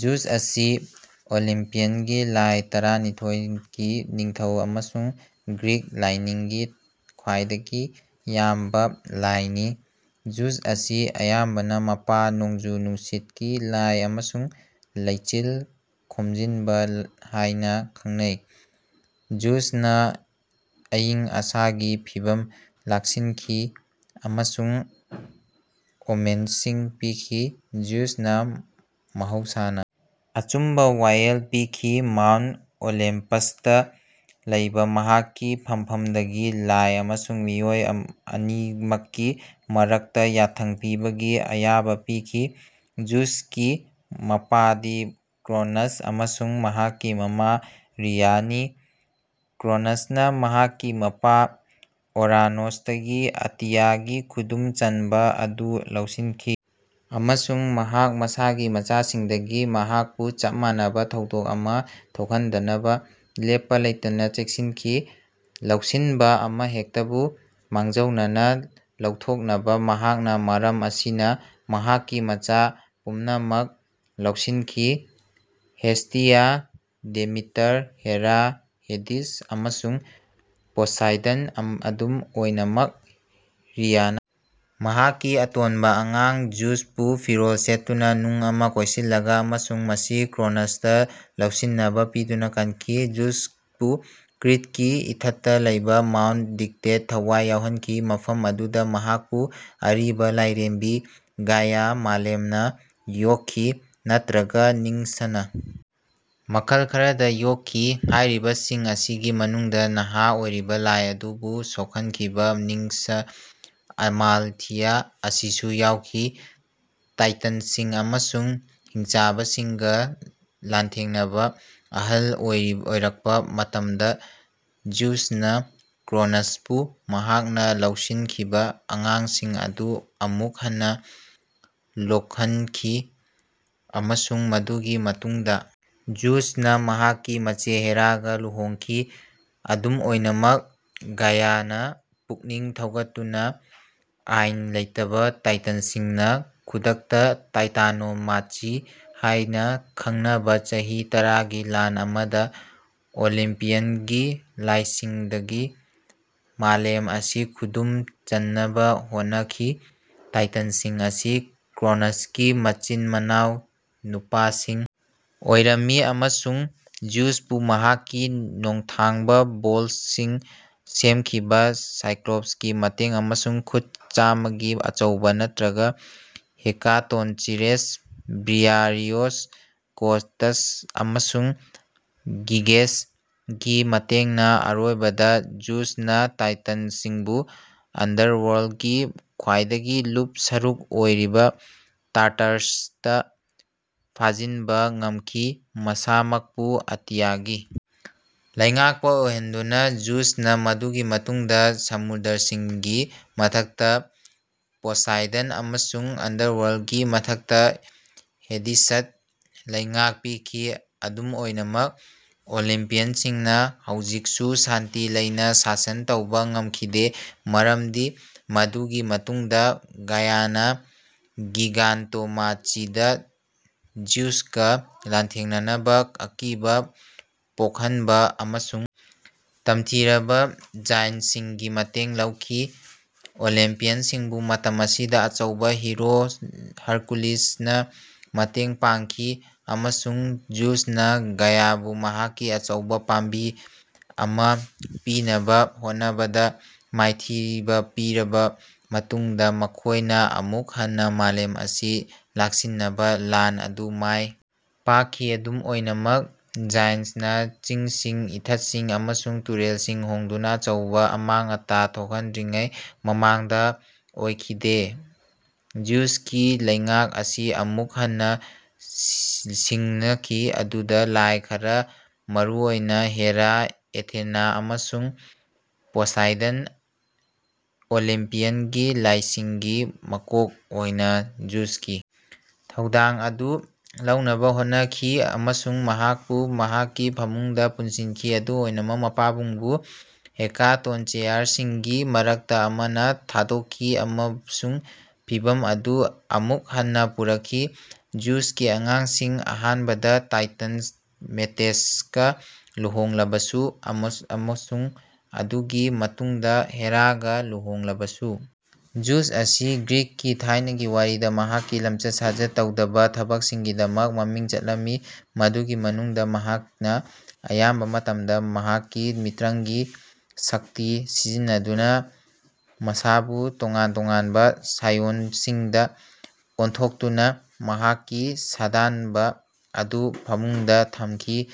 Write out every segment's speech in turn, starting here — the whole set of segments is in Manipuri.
ꯖꯤꯎꯁ ꯑꯁꯤ ꯑꯣꯂꯤꯝꯄꯤꯌꯟꯒꯤ ꯂꯥꯏ ꯇꯔꯥꯅꯤꯊꯣꯏꯒꯤ ꯅꯤꯡꯊꯧ ꯑꯃꯁꯨꯡ ꯒ꯭ꯔꯤꯛ ꯂꯥꯏꯅꯤꯡꯒꯤ ꯈ꯭ꯋꯥꯏꯗꯒꯤ ꯋꯥꯡꯕ ꯂꯥꯏꯅꯤ꯫ ꯖꯤꯎꯁ ꯑꯁꯤ ꯑꯌꯥꯝꯕꯅ ꯃꯄꯥ, ꯅꯣꯡꯖꯨ-ꯅꯨꯡꯁꯤꯠꯀꯤ ꯂꯥꯏ ꯑꯃꯁꯨꯡ 'ꯂꯩꯆꯤꯜ ꯈꯣꯝꯖꯤꯟꯕ' ꯍꯥꯏꯅ ꯈꯪꯅꯩ꯫ ꯖꯤꯎꯁꯅ ꯑꯏꯪ ꯑꯁꯥꯒꯤ ꯐꯤꯚꯝ ꯂꯥꯛꯁꯤꯟꯈꯤ ꯑꯃꯁꯨꯡ ꯑꯣꯃꯦꯟꯁꯤꯡ ꯄꯤꯈꯤ꯫ ꯖꯤꯎꯁꯅ ꯃꯍꯧꯁꯥꯅ ꯑꯆꯨꯝꯕ ꯋꯥꯌꯦꯜ ꯄꯤꯈꯤ, ꯃꯥꯎꯟꯠ ꯑꯣꯂꯦꯝꯄꯁꯇ ꯂꯩꯕ ꯃꯍꯥꯛꯀꯤ ꯐꯝꯐꯝꯗꯒꯤ ꯂꯥꯏ ꯑꯃꯁꯨꯡ ꯃꯤꯑꯣꯏ ꯑꯅꯤꯃꯛꯀꯤ ꯃꯔꯛꯇ ꯌꯥꯊꯪ ꯄꯤꯕꯒꯤ ꯑꯌꯥꯕ ꯄꯤꯈꯤ꯫ ꯖꯤꯎꯁꯀꯤ ꯃꯄꯥꯗꯤ ꯀ꯭ꯔꯣꯅꯁ ꯑꯃꯁꯨꯡ ꯃꯍꯥꯛꯀꯤ ꯃꯃꯥ ꯔꯤꯌꯥꯅꯤ꯫ ꯀ꯭ꯔꯣꯅꯁꯅ ꯃꯍꯥꯛꯀꯤ ꯃꯄꯥ ꯑꯣꯔꯥꯅꯣꯁꯇꯒꯤ ꯑꯇꯤꯌꯥꯒꯤ ꯈꯨꯗꯨꯝ ꯆꯟꯕ ꯑꯗꯨ ꯂꯧꯁꯤꯟꯈꯤ ꯑꯃꯁꯨꯡ ꯃꯍꯥꯛ ꯃꯁꯥꯒꯤ ꯃꯆꯥꯁꯤꯡꯗꯒꯤ ꯃꯍꯥꯛꯄꯨ ꯆꯞ ꯃꯥꯟꯅꯕ ꯊꯧꯗꯣꯛ ꯑꯃ ꯊꯣꯛꯍꯟꯗꯅꯕ ꯂꯦꯞꯄ ꯂꯩꯇꯅ ꯆꯦꯛꯁꯤꯟꯈꯤ꯫ ꯂꯧꯁꯤꯟꯕ ꯑꯃꯍꯦꯛꯇꯕꯨ ꯃꯥꯡꯖꯧꯅꯅ ꯂꯧꯊꯣꯛꯅꯕ ꯃꯍꯥꯛꯅ ꯃꯔꯝ ꯑꯁꯤꯅ ꯃꯍꯥꯛꯀꯤ ꯃꯆꯥ ꯄꯨꯝꯅꯃꯛ ꯂꯧꯁꯤꯟꯈꯤ: ꯍꯦꯁꯇꯤꯌꯥ, ꯗꯦꯃꯤꯇꯔ, ꯍꯦꯔꯥ, ꯍꯦꯗꯤꯁ, ꯑꯃꯁꯨꯡ ꯄꯣꯁꯥꯏꯗꯟ꯫ ꯑꯗꯨꯝ ꯑꯣꯏꯅꯃꯛ, ꯔꯤꯌꯥꯅ ꯃꯍꯥꯛꯀꯤ ꯑꯇꯣꯟꯕ ꯑꯉꯥꯡ ꯖ꯭ꯌꯨꯁꯄꯨ ꯐꯤꯔꯣꯜ ꯁꯦꯠꯇꯨꯅ ꯅꯨꯡ ꯑꯃ ꯀꯣꯏꯁꯤꯜꯂꯒ ꯑꯃꯁꯨꯡ ꯃꯁꯤ ꯀ꯭ꯔꯣꯅꯁꯇ ꯂꯧꯁꯤꯟꯅꯕ ꯄꯤꯗꯨꯅ ꯀꯟꯈꯤ꯫ ꯖꯤꯎꯁꯄꯨ ꯀ꯭ꯔꯤꯠꯀꯤ ꯏꯊꯠꯇ ꯂꯩꯕ ꯃꯥꯎꯟꯠ ꯗꯤꯛꯇꯦꯠ ꯊꯋꯥꯏ ꯌꯥꯎꯍꯟꯈꯤ, ꯃꯐꯝ ꯑꯗꯨꯗ ꯃꯍꯥꯛꯄꯨ ꯑꯔꯤꯕ ꯂꯥꯏꯔꯦꯝꯕꯤ ꯒꯥꯏꯌꯥ (ꯃꯥꯂꯦꯝ)ꯅ ꯌꯣꯛꯈꯤ, ꯅꯠꯇ꯭ꯔꯒ ꯅꯤꯝꯁꯅ ꯃꯈꯜ ꯈꯔꯗ ꯌꯣꯛꯈꯤ꯫ ꯍꯥꯏꯔꯤꯕꯁꯤꯡ ꯑꯁꯤꯒꯤ ꯃꯅꯨꯡꯗ ꯅꯍꯥ ꯑꯣꯏꯔꯤꯕ ꯂꯥꯏ ꯑꯗꯨꯕꯨ ꯁꯣꯛꯍꯟꯈꯤꯕ ꯅꯤꯝꯁ, ꯑꯃꯥꯜꯊꯤꯌꯥ ꯑꯁꯤꯁꯨ ꯌꯥꯎꯈꯤ꯫ ꯇꯥꯏꯇꯟꯁꯤꯡ ꯑꯃꯁꯨꯡ ꯍꯤꯡꯆꯥꯕꯁꯤꯡꯒ ꯂꯥꯟꯊꯦꯡꯅꯕ ꯑꯍꯜ ꯑꯣꯏꯔꯛꯄ ꯃꯇꯝꯗ ꯖꯤꯎꯁꯅ ꯀ꯭ꯔꯣꯅꯁꯄꯨ ꯃꯍꯥꯛꯅ ꯂꯧꯁꯤꯟꯈꯤꯕ ꯑꯉꯥꯡꯁꯤꯡ ꯑꯗꯨ ꯑꯃꯨꯛ ꯍꯟꯅ ꯂꯣꯛꯍꯟꯈꯤ ꯑꯃꯁꯨꯡ ꯃꯗꯨꯒꯤ ꯃꯇꯨꯡꯗ ꯖꯤꯎꯁꯅ ꯃꯍꯥꯛꯀꯤ ꯃꯆꯦ ꯍꯦꯔꯥꯒ ꯂꯨꯍꯣꯡꯈꯤ꯫ ꯑꯗꯨꯝ ꯑꯣꯏꯅꯃꯛ, ꯒꯥꯏꯌꯥꯅ ꯄꯨꯛꯅꯤꯡ ꯊꯧꯒꯠꯇꯨꯅ ꯑꯥꯏꯟ ꯂꯩꯇꯕ ꯇꯥꯏꯇꯟꯁꯤꯡꯅ ꯈꯨꯗꯛꯇ ꯇꯥꯏꯇꯥꯅꯣꯃꯥꯆꯤ ꯍꯥꯏꯅ ꯈꯪꯅꯕ ꯆꯍꯤ ꯇꯔꯥꯒꯤ ꯂꯥꯟ ꯑꯃꯗ ꯑꯣꯂꯤꯝꯄꯤꯌꯟꯒꯤ ꯂꯥꯏꯁꯤꯡꯗꯒꯤ ꯃꯥꯂꯦꯝ ꯑꯁꯤ ꯈꯨꯗꯨꯝ ꯆꯟꯅꯕ ꯍꯣꯠꯅꯈꯤ꯫ ꯇꯥꯏꯇꯟꯁꯤꯡ ꯑꯁꯤ ꯀ꯭ꯔꯣꯅꯁꯀꯤ ꯃꯆꯤꯟ-ꯃꯅꯥꯎ ꯅꯨꯄꯥꯁꯤꯡ ꯑꯣꯏꯔꯝꯃꯤ ꯑꯃꯁꯨꯡ ꯖꯤꯎꯁꯄꯨ ꯃꯍꯥꯛꯀꯤ ꯅꯣꯡꯊꯥꯡꯕ ꯕꯣꯜꯠꯁꯤꯡ ꯁꯦꯝꯈꯤꯕ ꯁꯥꯏꯀ꯭ꯂꯣꯞꯁꯀꯤ ꯃꯇꯦꯡ ꯑꯃꯁꯨꯡ ꯈꯨꯠ ꯆꯥꯝꯃꯒꯤ ꯑꯆꯧꯕ ꯅꯠꯇ꯭ꯔꯒ ꯍꯦꯀꯥꯇꯣꯟꯆꯤꯔꯦꯁ (ꯕ꯭ꯔꯤꯌꯥꯔꯤꯑꯣꯁ, ꯀꯣꯇꯁ ꯑꯃꯁꯨꯡ ꯒꯤꯒꯦꯁ)ꯒꯤ ꯃꯇꯦꯡꯅ ꯑꯔꯣꯏꯕꯗ ꯖꯤꯎꯁꯅ ꯇꯥꯏꯇꯟꯁꯤꯡꯕꯨ ꯑꯟꯗꯔꯋꯥꯔꯜꯀꯤ ꯈ꯭ꯋꯥꯏꯗꯒꯤ ꯂꯨꯕ ꯁꯔꯨꯛ ꯑꯣꯏꯔꯤꯕ ꯇꯥꯔꯇꯥꯔꯁꯇ ꯐꯥꯖꯤꯟꯕ ꯉꯝꯈꯤ꯫ ꯃꯁꯥꯃꯛꯄꯨ ꯑꯇꯤꯌꯥꯒꯤ ꯂꯩꯉꯥꯛꯄ ꯑꯣꯏꯍꯟꯗꯨꯅ, ꯖꯤꯎꯁꯅ ꯃꯗꯨꯒꯤ ꯃꯇꯨꯡꯗ ꯁꯃꯨꯗ꯭ꯔꯁꯤꯡꯒꯤ ꯃꯊꯛꯇ ꯄꯣꯁꯥꯏꯗꯟ ꯑꯃꯁꯨꯡ ꯑꯟꯗꯔꯋꯥꯔꯜꯀꯤ ꯃꯊꯛꯇ ꯍꯦꯗꯤꯁꯇ ꯂꯩꯉꯥꯛ ꯄꯤꯈꯤ꯫ ꯑꯗꯨꯝ ꯑꯣꯏꯅꯃꯛ, ꯑꯣꯂꯤꯝꯄꯤꯌꯟꯁꯤꯡꯅ ꯍꯧꯖꯤꯛꯁꯨ ꯁꯥꯟꯇꯤ ꯂꯩꯅ ꯁꯥꯁꯟ ꯇꯧꯕ ꯉꯝꯈꯤꯗꯦ, ꯃꯔꯝꯗꯤ ꯃꯗꯨꯒꯤ ꯃꯇꯨꯡꯗ ꯒꯥꯏꯌꯥꯅ ꯒꯤꯒꯥꯟꯇꯣꯃꯥꯆꯤꯗ ꯖꯤꯎꯁꯀ ꯂꯥꯟꯊꯦꯡꯅꯅꯕ ꯑꯀꯤꯕ ꯄꯣꯛꯍꯟꯕ ꯑꯃꯁꯨꯡ ꯇꯝꯊꯤꯔꯕ ꯖꯥꯏꯟꯠꯁꯤꯡꯒꯤ ꯃꯇꯦꯡ ꯂꯧꯈꯤ꯫ ꯑꯣꯂꯤꯝꯄꯤꯌꯟꯁꯤꯡꯕꯨ ꯃꯇꯝ ꯑꯁꯤꯗ ꯑꯆꯧꯕ ꯍꯤꯔꯣ ꯍꯔꯀꯨꯂꯤꯁꯅ ꯃꯇꯦꯡ ꯄꯥꯡꯈꯤ ꯑꯃꯁꯨꯡ ꯖꯤꯎꯁꯅ ꯒꯥꯏꯌꯥꯕꯨ ꯃꯍꯥꯛꯀꯤ ꯑꯆꯧꯕ ꯄꯥꯝꯕꯤ ꯑꯃ ꯄꯤꯅꯕ ꯍꯣꯠꯅꯕꯗ ꯃꯥꯏꯊꯤꯕ ꯄꯤꯔꯕ ꯃꯇꯨꯡꯗ, ꯃꯈꯣꯏꯅ ꯑꯃꯨꯛ ꯍꯟꯅ ꯃꯥꯂꯦꯝ ꯑꯁꯤ ꯂꯥꯛꯁꯤꯟꯅꯕ ꯂꯥꯟ ꯑꯗꯨ ꯃꯥꯏ ꯄꯥꯛꯈꯤ, ꯑꯗꯨꯝ ꯑꯣꯏꯅꯃꯛ, ꯖꯥꯏꯟꯠꯁꯅ ꯆꯤꯡꯁꯤꯡ, ꯏꯊꯠꯁꯤꯡ ꯑꯃꯁꯨꯡ ꯇꯨꯔꯦꯜꯁꯤꯡ ꯍꯣꯡꯗꯨꯅ ꯑꯆꯧꯕ ꯑꯃꯥꯡ-ꯑꯇꯥ ꯊꯣꯛꯍꯟꯗ꯭ꯔꯤꯉꯩ ꯃꯃꯥꯡꯗ ꯑꯣꯏꯈꯤꯗꯦ꯫ ꯖꯤꯎꯁꯀꯤ ꯂꯩꯉꯥꯛ ꯑꯁꯤ ꯑꯃꯨꯛ ꯍꯟꯅ ꯁꯤꯡꯅꯈꯤ ꯃꯗꯨꯗ ꯂꯥꯏ ꯈꯔ, ꯃꯔꯨꯑꯣꯏꯅ ꯍꯦꯔꯥ, ꯑꯦꯊꯦꯅꯥ ꯑꯃꯁꯨꯡ ꯄꯣꯁꯥꯏꯗꯟꯅ ꯑꯣꯂꯤꯝꯄꯤꯌꯟꯒꯤ ꯂꯥꯏꯁꯤꯡꯒꯤ ꯃꯀꯣꯛ ꯑꯣꯏꯅ ꯖꯤꯎꯁꯀꯤ ꯊꯧꯗꯥꯡ ꯑꯗꯨ ꯂꯧꯅꯕ ꯍꯣꯠꯅꯈꯤ ꯑꯃꯁꯨꯡ ꯃꯍꯥꯛꯄꯨ ꯃꯍꯥꯛꯀꯤ ꯐꯃꯨꯡꯗ ꯄꯨꯟꯁꯤꯟꯈꯤ꯫ ꯑꯗꯨꯝ ꯑꯣꯏꯅꯃꯛ, ꯃꯄꯥꯕꯨꯡꯕꯨ ꯍꯦꯀꯥꯇꯣꯟꯆꯦꯌꯔꯁꯤꯡꯒꯤ ꯃꯔꯛꯇ ꯑꯃꯅ ꯊꯥꯗꯣꯛꯈꯤ ꯑꯃꯁꯨꯡ ꯐꯤꯚꯝ ꯑꯗꯨ ꯑꯃꯨꯛ ꯍꯟꯅ ꯄꯨꯔꯛꯈꯤ꯫ ꯖꯤꯎꯁꯀꯤ ꯑꯉꯥꯡꯁꯤꯡ ꯑꯍꯥꯟꯕꯗ ꯇꯥꯏꯇꯟ ꯃꯦꯇꯤꯁꯀ ꯂꯨꯍꯣꯡꯂꯕꯁꯨ ꯑꯃꯁꯨꯡ ꯃꯗꯨꯒꯤ ꯃꯇꯨꯡꯗ ꯍꯦꯔꯥꯒ ꯂꯨꯍꯣꯡꯂꯕꯁꯨ, ꯖꯤꯎꯁ ꯑꯁꯤ ꯒ꯭ꯔꯤꯛꯀꯤ ꯊꯥꯏꯅꯒꯤ ꯋꯥꯔꯤꯗ ꯃꯍꯥꯛꯀꯤ ꯂꯝꯆꯠ-ꯁꯥꯖꯠ ꯇꯧꯗꯕ ꯊꯕꯛꯁꯤꯡꯒꯤꯗꯃꯛ ꯃꯃꯤꯡ ꯆꯠꯂꯝꯃꯤ, ꯃꯗꯨꯒꯤ ꯃꯅꯨꯡꯗ ꯃꯍꯥꯛꯅ ꯑꯌꯥꯝꯕ ꯃꯇꯝꯗ ꯃꯍꯥꯛꯀꯤ ꯃꯤꯇ꯭ꯔꯪꯒꯤ ꯁꯛꯇꯤ ꯁꯤꯖꯤꯟꯅꯗꯨꯅ ꯃꯁꯥꯕꯨ ꯇꯣꯉꯥꯟ ꯇꯣꯉꯥꯟꯕ ꯁꯥꯏꯑꯣꯟꯁꯤꯡꯗ ꯑꯣꯟꯊꯣꯛꯇꯨꯅ ꯃꯍꯥꯛꯀꯤ ꯁꯥꯗꯥꯟꯕ ꯑꯗꯨ ꯐꯃꯨꯡꯗ ꯊꯝꯈꯤ꯫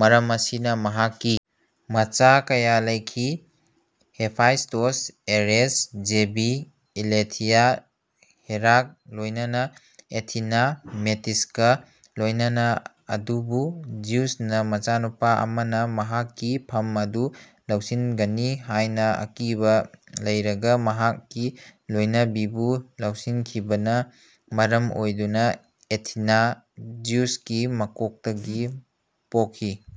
ꯃꯔꯝ ꯑꯁꯤꯅ ꯃꯍꯥꯛꯀꯤ ꯃꯆꯥ ꯀꯌꯥ ꯂꯩꯈꯤ: ꯍꯦꯐꯥꯏꯁ꯭ꯇꯣꯁ, ꯑꯔꯦꯁ, ꯍꯦꯕꯦ, ꯏꯂꯦꯊꯤꯌꯥ ꯍꯦꯔꯥꯒ ꯂꯣꯏꯅꯅ꯫ ꯑꯦꯊꯤꯅꯥ ꯃꯦꯇꯤꯁꯀ ꯂꯣꯏꯅꯅ ꯑꯗꯨꯕꯨ ꯖꯤꯎꯁꯅ ꯃꯆꯥꯅꯨꯄꯥ ꯑꯃꯅ ꯃꯍꯥꯛꯀꯤ ꯐꯝ ꯑꯗꯨ ꯂꯧꯁꯤꯟꯒꯅꯤ ꯍꯥꯏꯅ ꯑꯀꯤꯕ ꯂꯩꯔꯒ ꯃꯍꯥꯛꯀꯤ ꯂꯣꯏꯅꯕꯤꯕꯨ ꯂꯧꯁꯤꯟꯈꯤꯕꯅ ꯃꯔꯝ ꯑꯣꯏꯗꯨꯅ ꯑꯦꯊꯤꯅꯥ ꯖꯤꯎꯁꯀꯤ ꯃꯀꯣꯛꯇꯒꯤ ꯄꯣꯛꯈꯤ꯫